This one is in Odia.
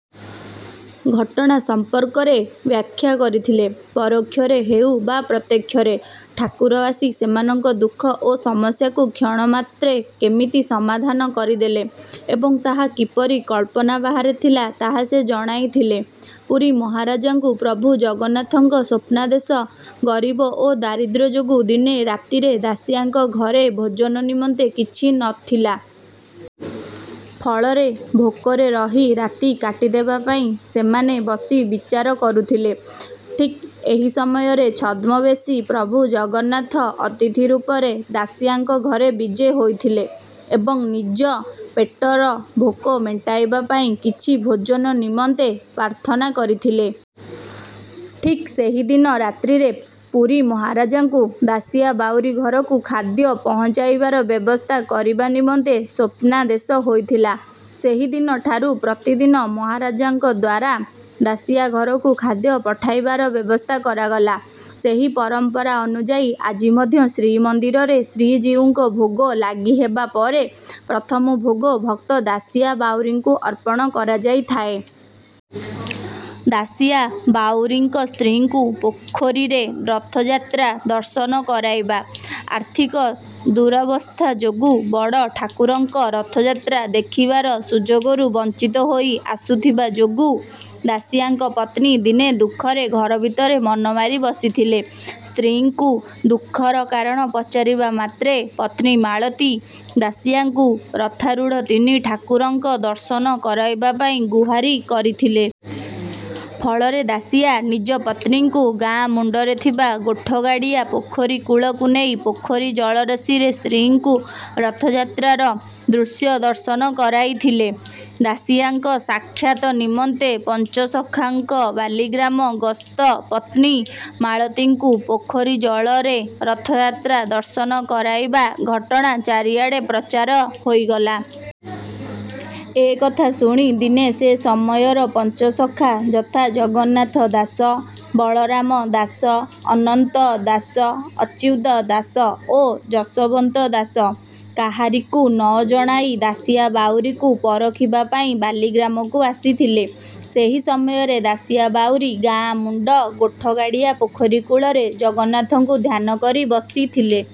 ଘଟଣା ସମ୍ପର୍କରେ ବ୍ୟାଖ୍ୟା କରିଥିଲେ। ପରୋକ୍ଷରେ ହେଉ ବା ପ୍ରତ୍ୟକ୍ଷରେ ଠାକୁର ଆସି ସେମାନଙ୍କ ଦୁଃଖ ଓ ସମସ୍ୟାକୁ କ୍ଷଣମାତ୍ରେ କେମିତି ସମାଧାନ କରିଦେଲେ ଏବଂ ତାହା କିପରି କଳ୍ପନା ବାହାରେ ଥିଲା ତାହା ସେ ଜଣାଇଥିଲେ। ପୁରୀ ମହାରାଜାଙ୍କୁ ପ୍ରଭୁ ଜଗନ୍ନାଥଙ୍କ ସ୍ୱପ୍ନାଦେଶ ଗରୀବ ଓ ଦାରିଦ୍ର୍ୟ ଯୋଗୁଁ ଦିନେ ରାତିରେ ଦାସିଆଙ୍କ ଘରେ ଭୋଜନ ନିମନ୍ତେ କିଛି ନଥିଲା। ଫଳରେ ଭୋକରେ ରହି ରାତି କାଟି ଦେବା ପାଇଁ ସେମାନେ ବସି ବିଚାର କରୁଥିଲେ। ଠିକ୍ ଏହି ସମୟରେ ଛଦ୍ମବେଶୀ ପ୍ରଭୁ ଜଗନ୍ନାଥ ଅତିଥି ରୂପରେ ଦାସିଆଙ୍କ ଘରେ ବିଜେ ହୋଇଥିଲେ ଏବଂ ନିଜ ପେଟର ଭୋକ ମେଣ୍ଟାଇବା ପାଇଁ କିଛି ଭୋଜନ ନିମନ୍ତେ ପ୍ରାର୍ଥନା କରିଥିଲେ। ଠିକ୍ ସେହିଦିନ ରାତ୍ରିରେ ପୁରୀ ମହାରାଜାଙ୍କୁ ଦାସିଆ ବାଉରୀ ଘରକୁ ଖାଦ୍ୟ ପହଞ୍ଚାଇବାର ବ୍ୟବସ୍ଥା କରିବା ନିମନ୍ତେ ସ୍ୱପ୍ନାଦେଶ ହୋଇଥିଲା। ସେହିଦିନ ଠାରୁ ପ୍ରତିଦିନ ମହାରାଜାଙ୍କ ଦ୍ୱାରା ଦାସିଆ ଘରକୁ ଖାଦ୍ୟ ପଠାଇବାର ବ୍ୟବସ୍ଥା କରାଗଲା। ସେହି ପରମ୍ପରା ଅନୁଯାୟୀ ଆଜି ମଧ୍ୟ ଶ୍ରୀମନ୍ଦିରରେ ଶ୍ରୀଜିଉଙ୍କ ଭୋଗ ଲାଗି ହେବା ପରେ ପ୍ରଥମ ଭୋଗ ଭକ୍ତ ଦାସିଆ ବାଉରୀଙ୍କୁ ଅର୍ପଣ କରାଯାଇଥାଏ। ଦାସିଆ ବାଉରୀଙ୍କ ସ୍ତ୍ରୀଙ୍କୁ ପୋଖରୀରେ ରଥଯାତ୍ରା ଦର୍ଶନ କରାଇବା ଆର୍ଥିକ ଦୁରାବସ୍ଥା ଯୋଗୁଁ ବଡ଼ ଠାକୁରଙ୍କ ରଥଯାତ୍ରା ଦେଖିବାର ସୁଯୋଗରୁ ବଞ୍ଚିତ ହୋଇ ଆସୁଥିବା ଯୋଗୁଁ ଦାସିଆଙ୍କ ପତ୍ନୀ ଦିନେ ଦୁଃଖରେ ଘର ଭିତରେ ମନ ମାରି ବସିଥିଲେ। ସ୍ତ୍ରୀଙ୍କୁ ଦୁଃଖର କାରଣ ପଚାରିବା ମାତ୍ରେ ପତ୍ନୀ ମାଳତୀ ଦାସିଆଙ୍କୁ ରଥାରୂଢ଼ ତିନି ଠାକୁରଙ୍କ ଦର୍ଶନ କରାଇବା ପାଇଁ ଗୁହାରି କରିଥିଲେ। ଫଳରେ ଦାସିଆ ନିଜ ପତ୍ନୀଙ୍କୁ ଗାଁ ମୁଣ୍ଡରେ ଥିବା ଗୋଠଗାଡ଼ିଆ ପୋଖରୀ କୂଳକୁ ନେଇ ପୋଖରୀ ଜଳରାଶିରେ ସ୍ତ୍ରୀଙ୍କୁ ରଥଯାତ୍ରାର ଦୃଶ୍ୟ ଦର୍ଶନ କରାଇଥିଲେ। ଦାସିଆଙ୍କ ସାକ୍ଷାତ ନିମନ୍ତେ ପଞ୍ଚସଖାଙ୍କ ବାଲିଗ୍ରାମ ଗସ୍ତ ପତ୍ନୀ ମାଳତୀଙ୍କୁ ପୋଖରୀ ଜଳରେ ରଥଯାତ୍ରା ଦର୍ଶନ କରାଇବା ଘଟଣା ଚାରିଆଡ଼େ ପ୍ରଚାର ହୋଇଗଲା। ଏ କଥା ଶୁଣି ଦିନେ ସେ ସମୟର ପଞ୍ଚସଖା ଯଥା ଜଗନ୍ନାଥ ଦାସ ବଳରାମ ଦାସ ଅନନ୍ତ ଦାସ ଅଚ୍ୟୁତ ଦାସ ଓ ଯଶୋବନ୍ତ ଦାସ କାହାରିକୁ ନଜଣାଇ ଦାସିଆ ବାଉରୀକୁ ପରଖିବା ପାଇଁ ବାଲିଗ୍ରାମକୁ ଆସିଥିଲେ। ସେହି ସମୟରେ ଦାସିଆ ବାଉରୀ ଗାଁ ମୁଣ୍ଡ ଗୋଠଗାଡ଼ିଆ ପୋଖରୀ କୂଳରେ ଜଗନ୍ନାଥଙ୍କୁ ଧ୍ୟାନ କରି ବସିଥିଲେ।